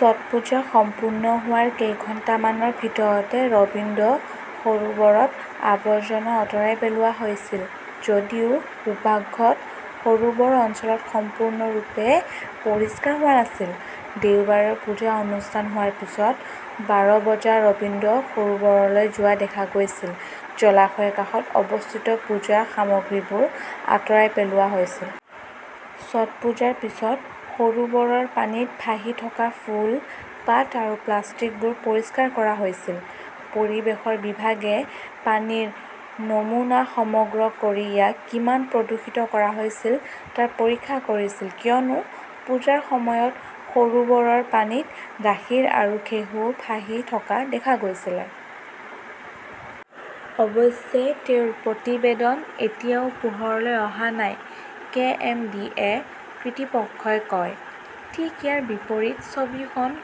ছঠপুজা সম্পূৰ্ণ হোৱাৰ কেইঘণ্টামানৰ ভিতৰতে ৰবীন্দ্ৰ সৰোবৰত আৱৰ্জনা আঁতৰাই পেলোৱা হৈছিল যদিও সুভাষ সৰোবৰ অঞ্চল সম্পূৰ্ণৰূপে পৰিষ্কাৰ হোৱা নাছিল। দেওবাৰে পূজা অনুষ্ঠিত হোৱাৰ পিছত বাৰ বজাত ৰবীন্দ্ৰ সৰোবৰলৈ যোৱা দেখা গৈছিল। জলাশয়ৰ কাষত অৱস্থিত পূজা সামগ্ৰীবোৰ আঁতৰাই পেলোৱা হৈছিল। ছটপুজাৰ পিছত সৰোবৰৰ পানীত ভাহি থকা ফুল, পাত আৰু প্লাষ্টিকবোৰো পৰিষ্কাৰ কৰা হৈছে। পৰিৱেশ বিভাগে পানীৰ নমুনা সংগ্ৰহ কৰি ইয়াক কিমান প্ৰদূষিত কৰা হৈছিল তাৰ পৰীক্ষা কৰিছিল কিয়নো পূজাৰ সময়ত সৰোবৰৰ পানীত গাখীৰ আৰু ঘেঁহু ভাহি থকা দেখা গৈছিল। অৱশ্যে তেওঁৰ প্ৰতিবেদন এতিয়াও পোহৰলৈ অহা নাই কে.এম.ডি.এ কৃৰ্তৃপক্ষই কয়। ঠিক ইয়াৰ বিপৰীত ছবিখন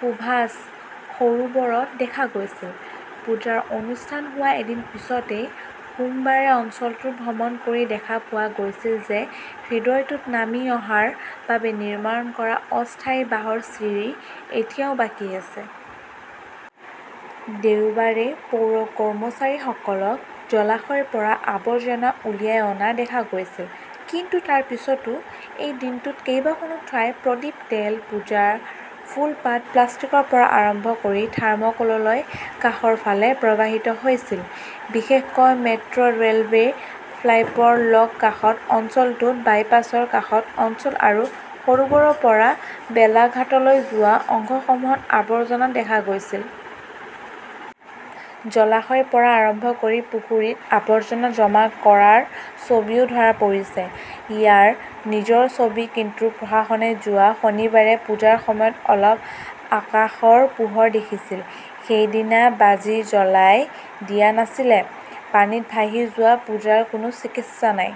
সুভাষ সৰোবৰত দেখা গৈছিল। পূজা অনুষ্ঠিত হোৱাৰ এদিন পিছতে সোমবাৰে অঞ্চলটো ভ্ৰমণ কৰি দেখা পোৱা গৈছিল যে হ্ৰদটোত নামি অহাৰ বাবে নিৰ্মাণ কৰা অস্থায়ী বাঁহৰ চিৰি এতিয়াও বাকী আছে। দেওবাৰে পৌৰ কৰ্মচাৰীসকলক জলাশয়ৰ পৰা আৱৰ্জনা উলিয়াই অনা দেখা গৈছিল। কিন্তু তাৰ পিছতো, এই দিনটোত কেইবাখনো ঠাইত প্ৰদীপ, তেল, পূজাৰ ফুল-পাত, প্লাষ্টিকৰ পৰা আৰম্ভ কৰি থাৰ্মোকললৈকে কাষৰ ফালে প্ৰবাহিত হৈছিল। বিশেষকৈ মেট্ৰ ৰে' লৱেৰ ফ্লাইপ লৰ কাষত অঞ্চল ,বাইপাছৰ কাষত অঞ্চল আৰু সৰোবৰৰ পৰা বেলাঘাটালৈ যোৱা অংশসমূহত আৱৰ্জনা দেখা গৈছে। জলাশয়ৰ পৰা আৰম্ভ কৰি পুখুৰীত আৱৰ্জনা জমা কৰাৰ ছবিও ধৰা পৰিছে। ইয়াৰ নিজৰ ছবি কিন্তু প্ৰশাসনে যোৱা শনিবাৰে পূজাৰ সময়ত অলপ আকাশৰ পোহৰ দেখিছিল। সেইদিনা বাজি জ্বলাই দিয়া হোৱা নাছিলে। পানীত ভাহি যোৱা পূজাৰ কোনো চিকিৎসা নাই।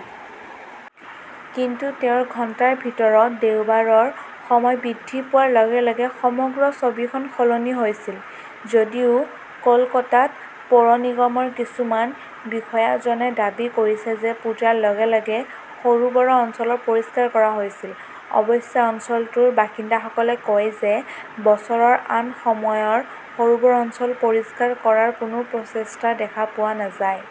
কিন্তু তেওঁৰ ঘণ্টাৰ ভিতৰত, দেওবাৰৰ সময় বৃদ্ধি পোৱাৰ লগে -লগে সমগ্ৰ ছবিখন সলনি হৈছিল। যদিও কলকাতা পৌৰ নিগমৰ কিছুমান বিষয়াজনে দাবী কৰিছে যে পূজাৰ লগে -লগে সৰোবৰ অঞ্চল পৰিষ্কাৰ কৰা হৈছিল। অৱশ্যে অঞ্চলটোৰ বাসিন্দাসকলে কয় যে বছৰৰ আন সময়ত সৰোবৰ অঞ্চল পৰিষ্কাৰ কৰাৰ কোনো প্ৰচেষ্টা দেখা পোৱা নাযায়।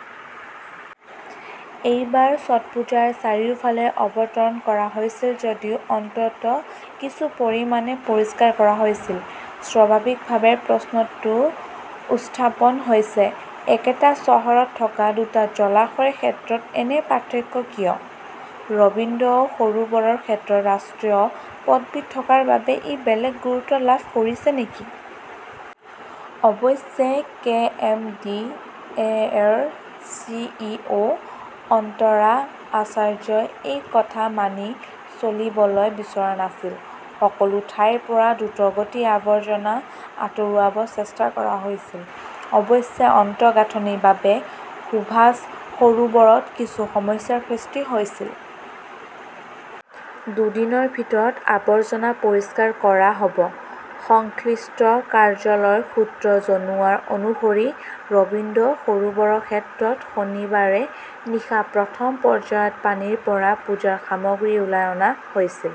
এইবাৰ ছঠপুজাৰ চাৰিওফালে অৱতৰণ কৰা হৈছিল যদিও অন্তত কিছু পৰিমাণে পৰিষ্কাৰ কৰা হৈছিল। স্বাভাৱিকভাৱেই প্ৰশ্নটো উত্থাপন হৈছে, একেটা চহৰত থকা দুটা জলাশয়ৰ ক্ষেত্ৰত এনে পাৰ্থক্য কিয়? ৰবীন্দ্ৰ সৰোবৰৰ ক্ষেত্ৰত ৰাষ্ট্ৰীয় পদবী থকাৰ বাবে ই বেলেগ গুৰুত্ব লাভ কৰিছে নেকি? অৱশ্যে কে.এম. ডি .এ .ৰ চি .ই. অ. অন্তৰা আচাৰ্যই এই কথা মানি চলিবলৈ বিচৰা নাছিল। সকলো ঠাইৰ পৰা দ্ৰুতগতিত আৱৰ্জনা আঁতৰোৱাৰব চেষ্টা কৰা হৈছে। অৱশ্যে আন্ত- গাঁথনিৰ বাবে সুভাষ সৰোবৰত কিছু সমস্যাৰ সৃষ্টি হৈছে। দুদিনৰ ভিতৰত আৱৰ্জনা পৰিষ্কাৰ কৰা হ 'ব। সংশ্লিষ্ট কাৰ্যালয়ৰ সূত্ৰই জনোৱা অনুসৰি, ৰবীন্দ্ৰ সৰোবৰৰ ক্ষেত্ৰত শনিবাৰে নিশা প্ৰথম পৰ্যায়ত পানীৰ পৰা পূজাৰ সামগ্ৰী উলিয়াই অনা হৈছিল।